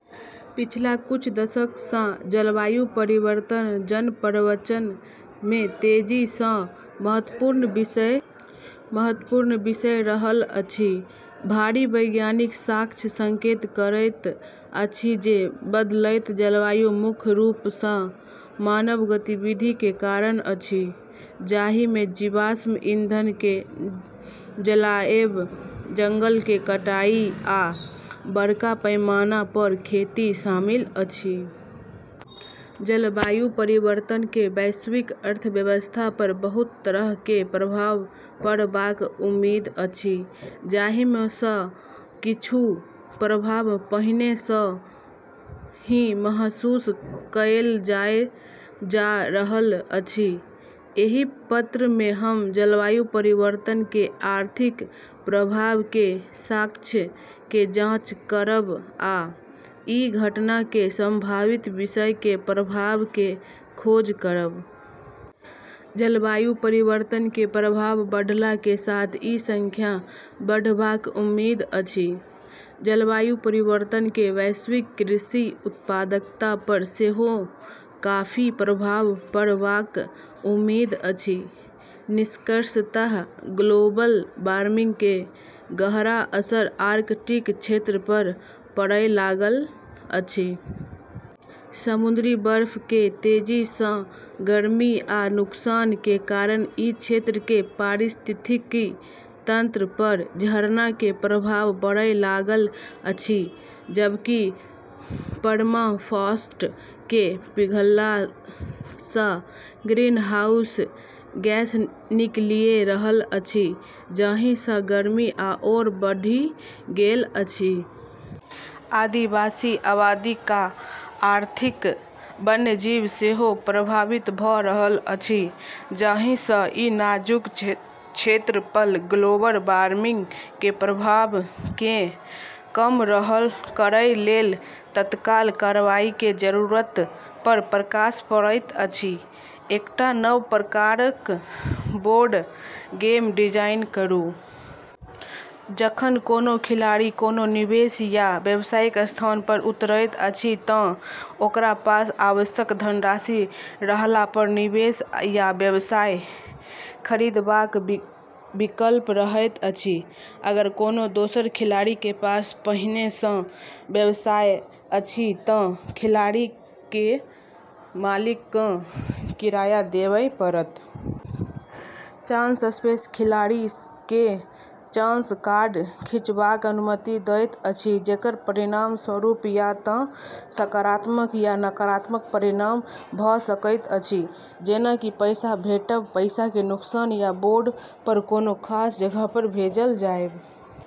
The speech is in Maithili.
पिछला कुछ दशक सँ जलवायु परिवर्तन जन-प्रवचन मे तेजी सँ महत्वपूर्ण विषय रहल अछि। भारी वैज्ञानिक साक्ष्य संकेत करैत अछि जे बदलैत जलवायु मुख्य रूप सँ मानव गतिविधि के कारण अछि, जाहि मे जीवाश्म ईंधन के जलाएब, जंगल के कटाई, आ बड़का पैमाना पर खेती शामिल अछि। जलवायु परिवर्तन के वैश्विक अर्थव्यवस्था पर बहुत तरह के प्रभाव पड़बाक उम्मीद अछि, जाहि मे सँ किछु प्रभाव पहिने सँ ही महसूस कएल जा रहल अछि। एहि पत्र मे हम जलवायु परिवर्तन के आर्थिक प्रभाव के साक्ष्य के जांच करब, आ ई घटना के संभावित भविष्य के प्रभाव के खोज करब। जलवायु परिवर्तन के प्रभाव बढ़ला के साथ ई संख्या बढ़बाक उम्मीद अछि। जलवायु परिवर्तन के वैश्विक कृषि उत्पादकता पर सेहो काफी प्रभाव पड़बाक उम्मीद अछि। निष्कर्षतः ग्लोबल वार्मिंग के गहरा असर आर्कटिक क्षेत्र पर पड़य लागल अछि। समुद्री बर्फ के तेजी सँ गर्मी आ नुकसान के कारण ई क्षेत्र के पारिस्थितिकी तंत्र पर झरना के प्रभाव पड़य लागल अछि, जबकि परमाफ्रॉस्ट के पिघलला सँ ग्रीनहाउस गैस निकलिए रहल अछि, जाहि सँ गर्मी आओर बढ़ि गेल अछि। आदिवासी आबादी आ आर्कटिक वन्यजीव सेहो प्रभावित भ' रहल अछि, जाहि सँ ई नाजुक क्षेत्र पर ग्लोबल वार्मिंग के प्रभाव केँ कम करय लेल तत्काल कार्रवाई के जरूरत पर प्रकाश पड़ैत अछि। एकटा नव प्रकारक बोर्ड गेम डिजाइन करू। जखन कोनो खिलाड़ी कोनो निवेश या व्यवसायिक स्थान पर उतरैत अछि तँ ओकरा पास आवश्यक धनराशि रहला पर निवेश या व्यवसाय खरीदबाक विकल्प रहैत अछि। अगर कोनो दोसर खिलाड़ी के पास पहिने सँ व्यवसाय अछि तँ खिलाड़ी केँ मालिक केँ किराया देबय पड़त। चांस स्पेस खिलाड़ी केँ चांस कार्ड खींचबाक अनुमति दैत अछि जेकर परिणामस्वरूप या तँ सकारात्मक या नकारात्मक परिणाम भ' सकैत अछि जेना कि पैसा भेटब, पैसा के नुकसान, या बोर्ड पर कोनो खास जगह पर भेजल जाएब।